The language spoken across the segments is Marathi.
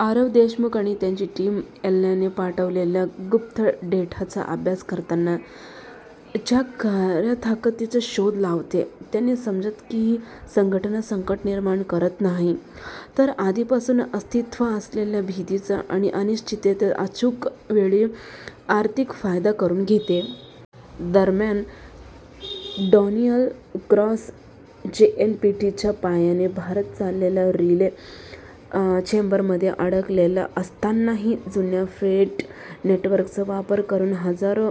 आरव देशमुख आणि त्याची टीम एलेनाने पाठवलेल्या गुप्त डेटाचा अभ्यास करताना च्या खऱ्या ताकदीचा शोध लावते. त्यांना समजतं की ही संघटना संकट निर्माण करत नाही, तर आधीपासून अस्तित्व असलेल्या भीतीचा आणि अनिश्चिततेचा अचूक वेळी आर्थिक फायदा करून घेते. दरम्यान डोनियल क्रॉस जेएनपीटीच्या पाण्याने भरत चाललेल्या रिले चेंबरमध्ये अडकलेला असतानाही जुन्या फ्रेट नेटवर्कचा वापर करून हजारो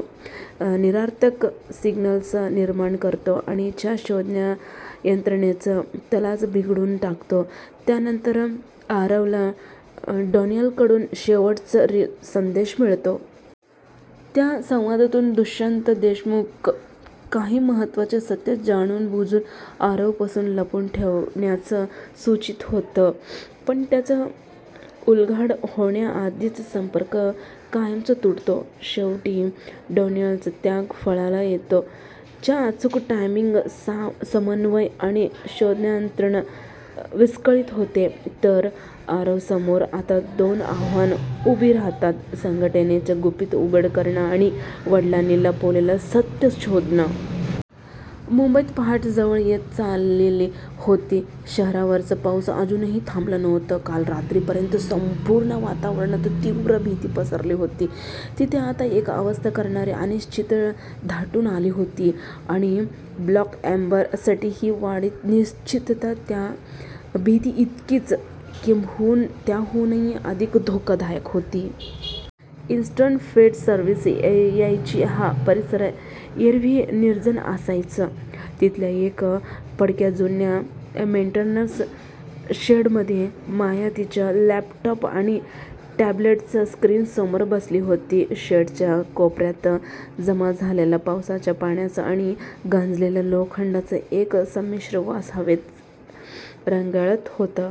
निरर्थक सिग्नल्स निर्माण करतो आणि च्या शोधयंत्रणेचा तालच बिघडवून टाकतो. यानंतर आरवला डोनियलकडून शेवटचा रिले संदेश मिळतो. त्या संवादातून दुष्यंत देशमुख काही महत्त्वाचं सत्य जाणूनबुजून आरवपासून लपवून ठेवल्याचं सूचित होतं, पण त्याचा उलगडा होण्याआधीच संपर्क कायमचा तुटतो. शेवटी डोनियलचा त्याग फळाला येतो. चं अचूक टायमिंग, समन्वय आणि शोधयंत्रण विस्कळीत होते, तर आरवसमोर आता दोन आव्हानं उभी राहतात: संघटनेचं गुपित उघड करणं आणि वडिलांनी लपवलेलं सत्य शोधणं. मुंबईत पहाट जवळ येत चालली होती. शहरावरचा पाऊस अजूनही थांबला नव्हता. काल रात्रीपर्यंत संपूर्ण वातावरणात तीव्र भीती पसरली होती, तिथे आता एक अवस्थ करणारी अनिश्चितता दाटून आली होती. आणि 'ब्लॅक एम्बर'साठी ही वाढती अनिश्चितता त्या भीतीइतकीच, किंबहुन त्याहूनही अधिक धोकादायक होती. इस्टर्न फ्रेट सर्व्हिस यार्डचा हा परिसर एरवीही निर्जन असायचा. तिथल्या एका पडक्या, जुन्या मेंटेनन्स शेडमध्ये माया तिच्या लॅपटॉप आणि टॅब्लेटच्या स्क्रीनसमोर बसली होती. शेडच्या कोपऱ्यात जमा झालेल्या पावसाच्या पाण्याचा आणि गंजलेल्या लोखंडाचा एक संमिश्र वास हवेत रेंगाळत होता.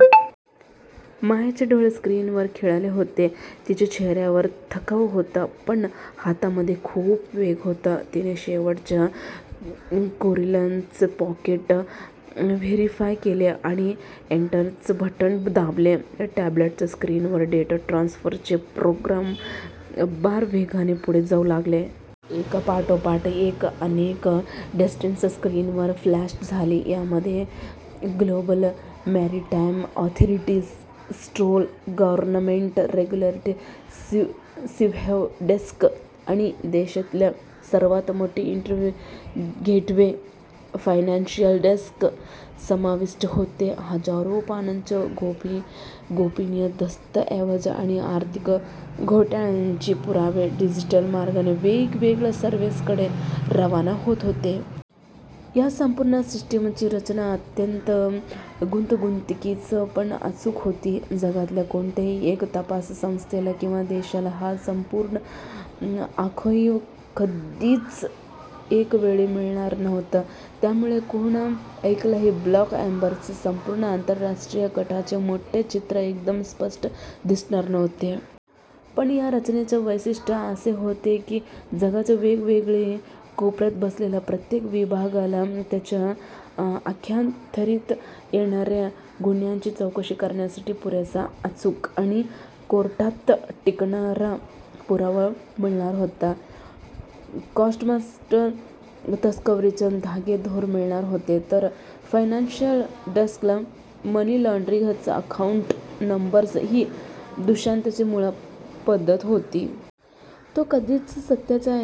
मायाचे डोळे स्क्रीनवर खिळले होते. तिच्या चेहऱ्यावर थकवा होता, पण हातामध्ये खूप वेग होता. तिने शेवटचे कोरिलेशन पॅकेट व्हेरीफाय केले आणि एंटरचे बटण दाबले. टॅब्लेटच्या स्क्रीनवर डेटा ट्रान्सफरचे प्रोग्रॅम फार वेगाने पुढे जाऊ लागले. एकापाठोपाठ एक अनेक डेस्टिनेशन्स स्क्रीनवर फ्लॅश झाली. यामध्ये ग्लोबल मॅरीटाईम ऑथॉरिटीज, सेंट्रल गव्हर्नमेंटचा रेगुलेटरी रिव्ह्यू डेस्क आणि देशातील सर्वात मोठे इन्व्हेस्टिगेटिव्ह फायनान्शियल डेस्क समाविष्ट होते. हजारो पानांचे गोपनीय दस्तऐवज आणि आर्थिक घोटाळ्यांचे पुरावे डिजिटल मार्गाने वेगवेगळ्या सर्व्हर्सकडे रवाना होत होते. या संपूर्ण सिस्टीमची रचना अत्यंत गुंतागुंतीची पण अचूक होती. जगातील कोणत्याही एका तपास संस्थेला किंवा देशाला हा संपूर्ण आर्काइव कधीच एका वेळी मिळणार नव्हता. त्यामुळे कोणा एकालाही 'ब्लॅक एम्बर'च्या संपूर्ण आंतरराष्ट्रीय कटाचे मोठे चित्र एकदम स्पष्ट दिसणार नव्हते. पण या रचनेचे वैशिष्ट्य असे होते की, जगाच्या वेगवेगळ्या कोपऱ्यात बसलेल्या प्रत्येक विभागाला त्यांच्या अखत्यारीत येणाऱ्या गुन्ह्यांची चौकशी करण्यासाठी पुरेसा, अचूक आणि कोर्टात टिकणारा पुरावा मिळणार होता. कस्टम्सला तस्करीचे धागेदोरे मिळणार होते, तर फायनान्शियल डेस्कला मनी लाँड्रिंगचे अकाऊंट नंबर्स ही दुष्यंतची मूळ पद्धत होती. तो कधीच सत्याचा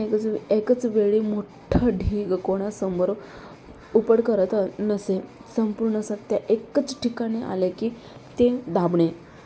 एकाच वेळी मोठा ढीग कोणासमोर उपडा करत नसे. संपूर्ण सत्य एकाच ठिकाणी आले की ते दाबणे